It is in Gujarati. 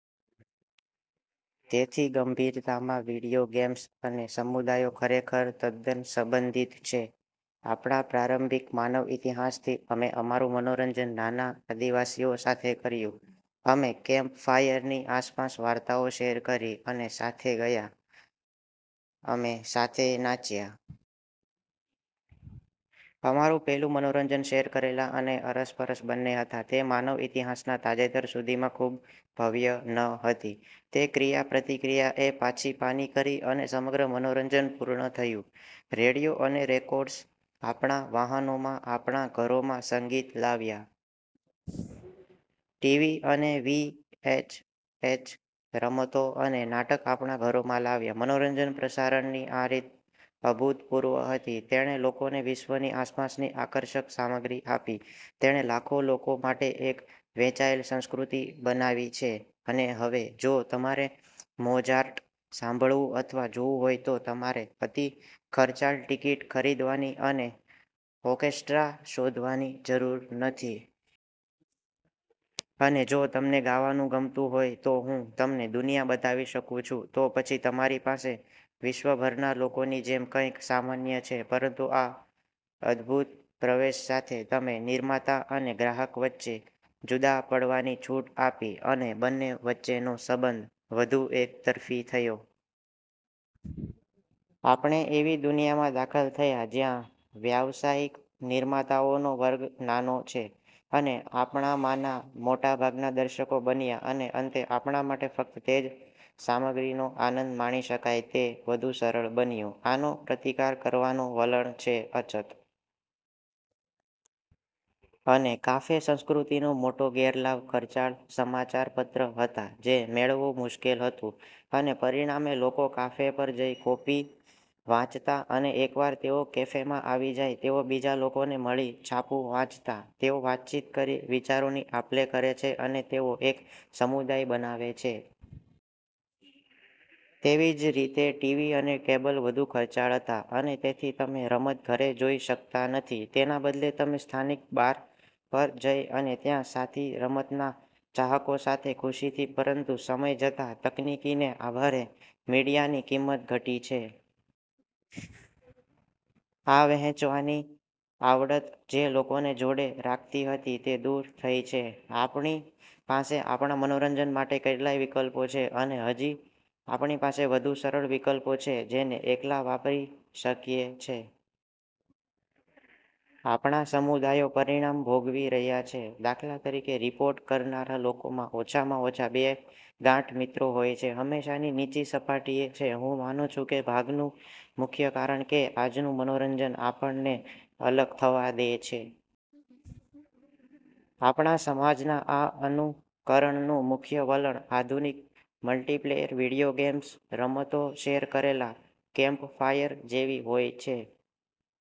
તેથી ગંભીરતામાં વિડિઓ ગેમ્સ અને સમુદાયો ખરેખર તદ્દન સંબંધિત છે. આપણા પ્રારંભિક માનવ ઇતિહાસથી અમે અમારું મનોરંજન નાના આદિવાસીઓ સાથે કર્યું. અમે કેમ્પફાયરની આસપાસ વાર્તાઓ શેર કરી, અને સાથે ગયાં, અમે સાથે નાચ્યાં. અમારું પહેલું મનોરંજન શેર કરેલા અને અરસપરસ બંને હતા. તે માનવ ઇતિહાસના તાજેતર સુધીમાં ખૂબ ભવ્ય ન હતી. તે ક્રિયાપ્રતિક્રિયા એ પાછીપાની કરી અને સમગ્ર મનોરંજન પૂર્ણ થયું. રેડિયો અને રેકોર્ડ્સ આપણા વાહનોમાં, આપણા ઘરોમાં સંગીત લાવ્યા. ટીવી અને વીએચએચ રમતો અને નાટક આપણા ઘરોમાં લાવ્યા. મનોરંજન પ્રસારણની આ રીત અભૂતપૂર્વ હતી. તેણે લોકોને વિશ્વની આસપાસની આકર્ષક સામગ્રી આપી. તેણે લાખો લોકો માટે એક વહેંચાયેલ સંસ્કૃતિ બનાવી છે. અને હવે, જો તમારે મોજાર્ટ સાંભળવું અથવા જોવું હોય તો તમારે અતિખર્ચાળ ટિકિટ ખરીદવાની અને ઓકેસ્ટ્રા શોધવાની જરૂર નથી. અને જો તમને ગાવાનું ગમતું હોય તો હું તમને દુનિયા બતાવી શકું છું તો પછી તમારી પાસે વિશ્વભરના લોકોની જેમ કંઈક સામાન્ય છે. પરંતુ આ અદ્દભૂત પ્રવેશ સાથે અમે નિર્માતા અને ગ્રાહક વચ્ચે જુદા પડવાની છૂટ આપી, અને બંને વચ્ચેનો સંબંધ વધુ એક તરફી થયો. આપણે એવી દુનિયામાં દાખલ થયાં જ્યાં વ્યાવસાયિક નિર્માતાઓનો વર્ગ નાનો છે. અને આપણામાંના મોટા ભાગના દર્શકો બન્યા અને અંતે આપણા માટે ફક્તે જ સામગ્રીનો આનંદ માણી શકાય તે વધુ સરળ બન્યું. આનો પ્રતિકાર કરવાનો વલણ છે: અછત. અને કાફે સંસ્કૃતિનો મોટો ગેરલાભ ખર્ચાળ સમાચારપત્ર હતા જે મેળવવું મુશ્કેલ હતું, અને પરિણામે, લોકો કાફે પર જઈ કોપી વાંચતા અને એકવાર તેઓ કેફેમાં આવી જાય, તેઓ બીજા લોકોને મળી છાપું વાંચતા. તેઓ વાતચીત કરી વિચારોની આપલે કરે છે અને તેઓ એક સમુદાય બનાવે છે. તેવી જ રીતે ટીવી અને કેબલ વધુ ખર્ચાળ હતા અને તેથી તમે રમત ઘરે જોઈ શકતા નથી. તેના બદલે તમે સ્થાનિક બાર પર જઈ અને ત્યાં સાથી રમતના ચાહકો સાથે ખુશીથી પરંતું સમય જતા તકનીકીને આભારે મીડિયાની કિંમત ઘટી છે. આ વહેંચવાની આવડત જે લોકોને જોડે રાખતી હતી તે દૂર થઈ છે. આપણી પાસે આપણા મનોરંજન માટે કેટલાય વિકલ્પો છે અને હજી આપણી પાસે વધુ સરળ વિકલ્પો છે જેને એકલા વાપરી શકીએ છે. આપણા સમુદાયો પરિણામ ભોગવી રહ્યા છે. દાખલા તરીકે, રિપોર્ટ કરનારા લોકોમા ઓછામાં ઓછા બે ગાઢ મિત્રો હોય છે. હંમેશાની નીચી સપાટીએ છે. હું માનું છું કે ભાગનું મુખ્ય કારણ કે આજનુ મનોરંજન આપણને અલગ થવા દે છે. આપણા સમાજના આ અનુકરણનું મુખ્ય વલણ: આધુનિક મલ્ટિપ્લેયર વિડિઓ ગેમ્સ. રમતો શેર કરેલા કેમ્પફાયર જેવી હોય છે.